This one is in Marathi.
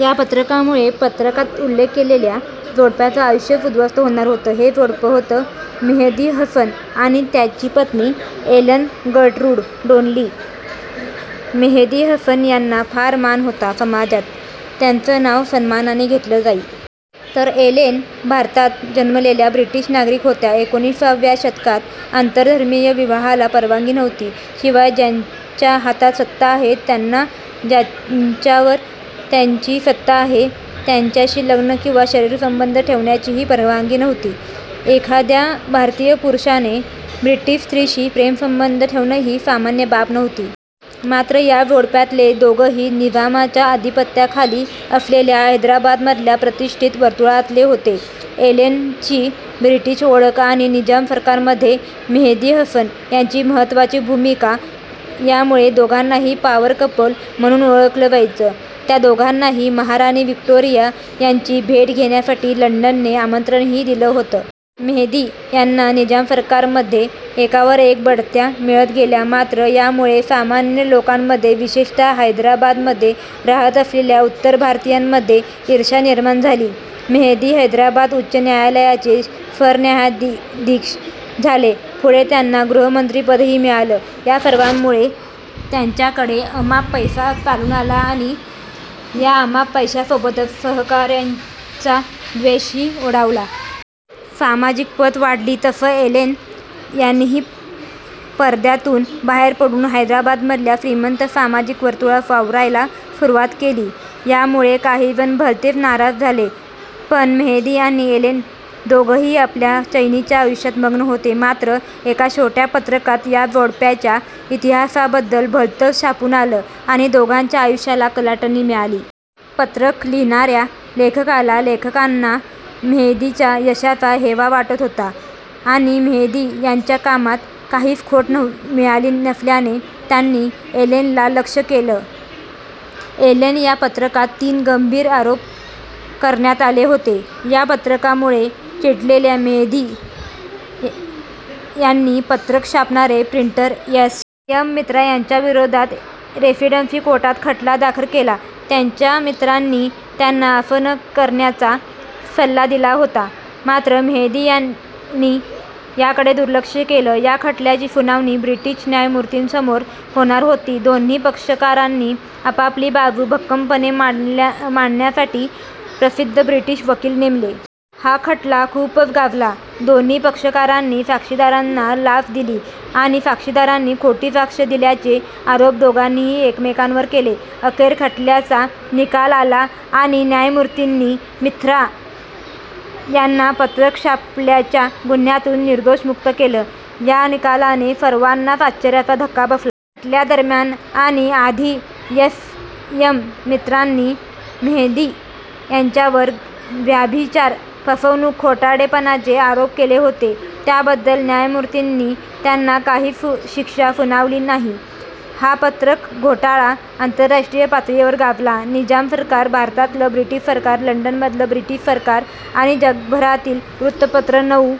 या पत्रकामुळे पत्रकात उल्लेख केलेल्या जोडप्याचं आयुष्यच उद्ध्वस्त होणार होतं. हे जोडपं होतं मेहदी हसन आणि त्यांची पत्नी Ellen Gertrude Donnelly. Mehdi Hasan यांना फार मान होता. समाजात त्यांचं नाव सन्मानाने घेतलं जाई. तर एलेन भारतात जन्मलेल्या ब्रिटिश नागरिक होत्या. एकोणविसाव्या शतकात आंतरधर्मीय विवाहाला परवानगी नव्हती. शिवाय, ज्यांच्या हातात सत्ता आहे त्यांना ज्यांच्यावर त्यांची सत्ता आहे त्यांच्याशी लग्न किंवा शरीरसंबंध ठेवण्याचीही परवानगी नव्हती. एखाद्या भारतीय पुरुषाने ब्रिटिश स्त्रिशी प्रेमसंबंध ठेवणंही सामान्य बाब नव्हती. मात्र, या जोडप्यातले दोघंही निझामाच्या अधिपत्याखाली असलेल्या हैदराबादमधल्या प्रतिष्ठित वर्तुळातले होते. एलेनची ब्रिटिश ओळख आणि निजाम सरकारमध्ये मेहदी हसन यांची महत्त्वाची भूमिका यामुळे दोघांनाही 'पावर कपल' म्हणून ओळखलं जायचं. त्या दोघांनाही महाराणी व्हिक्टोरिया यांची भेट घेण्यासाठी लंडनने आमंत्रणही दिलं होतं. मेहदी यांना निजाम सरकारमध्ये एकावर एक बढत्या मिळत गेल्या मात्र, यामुळे सामान्य लोकांमध्ये विशेषतः हैदराबादमध्ये राहत असलेल्या उत्तर भारतीयांमध्ये ईर्ष्या निर्माण झाली. मेहदी हैदराबाद उच्च न्यायालयाचे सरन्यायाधीश झाले. पुढे त्यांना गृहमंत्रीपदही मिळालं. या सर्वांमुळे त्यांच्याकडे अमाप पैसा चालून आला आणि या अमाप पैशासोबतच सहकाऱ्यांचा द्वेषही ओढावला. सामाजिक पत वाढली तसं एलेन यांनीही परद्यातून बाहेर पडून हैदराबादमधल्या श्रीमंत सामाजिक वर्तुळात वावरायला सुरुवात केली. यामुळे काही जण भलतेच नाराज झाले. पण, मेहदी आणि एलेन दोघंही आपल्या चैनीच्या आयुष्यात मग्न होते. मात्र, एका छोट्या पत्रकात या जोडप्याच्या इतिहासाबद्दल भलतच छापून आलं आणि दोघांच्या आयुष्याला कलाटणी मिळाली. पत्रक लिहिणाऱ्या लेखकाला ेखकांना मेहदीच्या यशाचा हेवा वाटत होता आणि मेहदी यांच्या कामात काहीच खोट मिळाली नसल्याने त्यांनी एलेनला लक्ष्य केलं. एलेन या पत्रकात तीन गंभीर आरोप करण्यात आले होते. या पत्रकामुळे चिडलेल्या मेहदी यांनी पत्रक छापणारे प्रिंटर एस. एम. मित्रा यांच्याविरोधात रेसिडेन्सी कोर्टात खटला दाखल केला. त्यांच्या मित्रांनी त्यांना असं न करण्याचा सल्ला दिला होता. मात्र, मेहदी यांनी याकडे दुर्लक्ष केलं. या खटल्याची सुनावणी ब्रिटीश न्यायमूर्तींसमोर होणार होती. दोन्ही पक्षकारांनी आपापली बाजू भक्कमपणे मांडण्यासाठी प्रसिद्ध ब्रिटिश वकील नेमले. हा खटला खूपच गाजला. दोन्ही पक्षकारांनी साक्षीदारांना लाच दिली आणि साक्षीदारांनी खोटी साक्ष दिल्याचे आरोप दोघांनीही एकमेकांवर केले. अखेर खटल्याचा निकाल आला आणि न्यायमूर्तींनी मित्रा यांना पत्रक छापल्याच्या गुन्ह्यातून निर्दोष मुक्त केलं. या निकालाने सर्वांनाच आश्चर्याचा धक्का बसला. खटल्या दरम्यान आणि आधी एस. एम. मित्रांनी मेहदी यांच्यावर व्याभिचार, फसवणूक, खोटारडेपणाचे आरोप केले होते त्याबद्दल न्यायमूर्तींनी त्यांना काहीच शिक्षा सुनावली नाही. हा 'पत्रक घोटाळा' आंतरराष्ट्रीय पातळीवर गाजला. निजाम सरकार, भारतातलं ब्रिटिश सरकार, लंडनमधलं ब्रिटिश सरकार आणि जगभरातली वृत्तपत्रं नऊ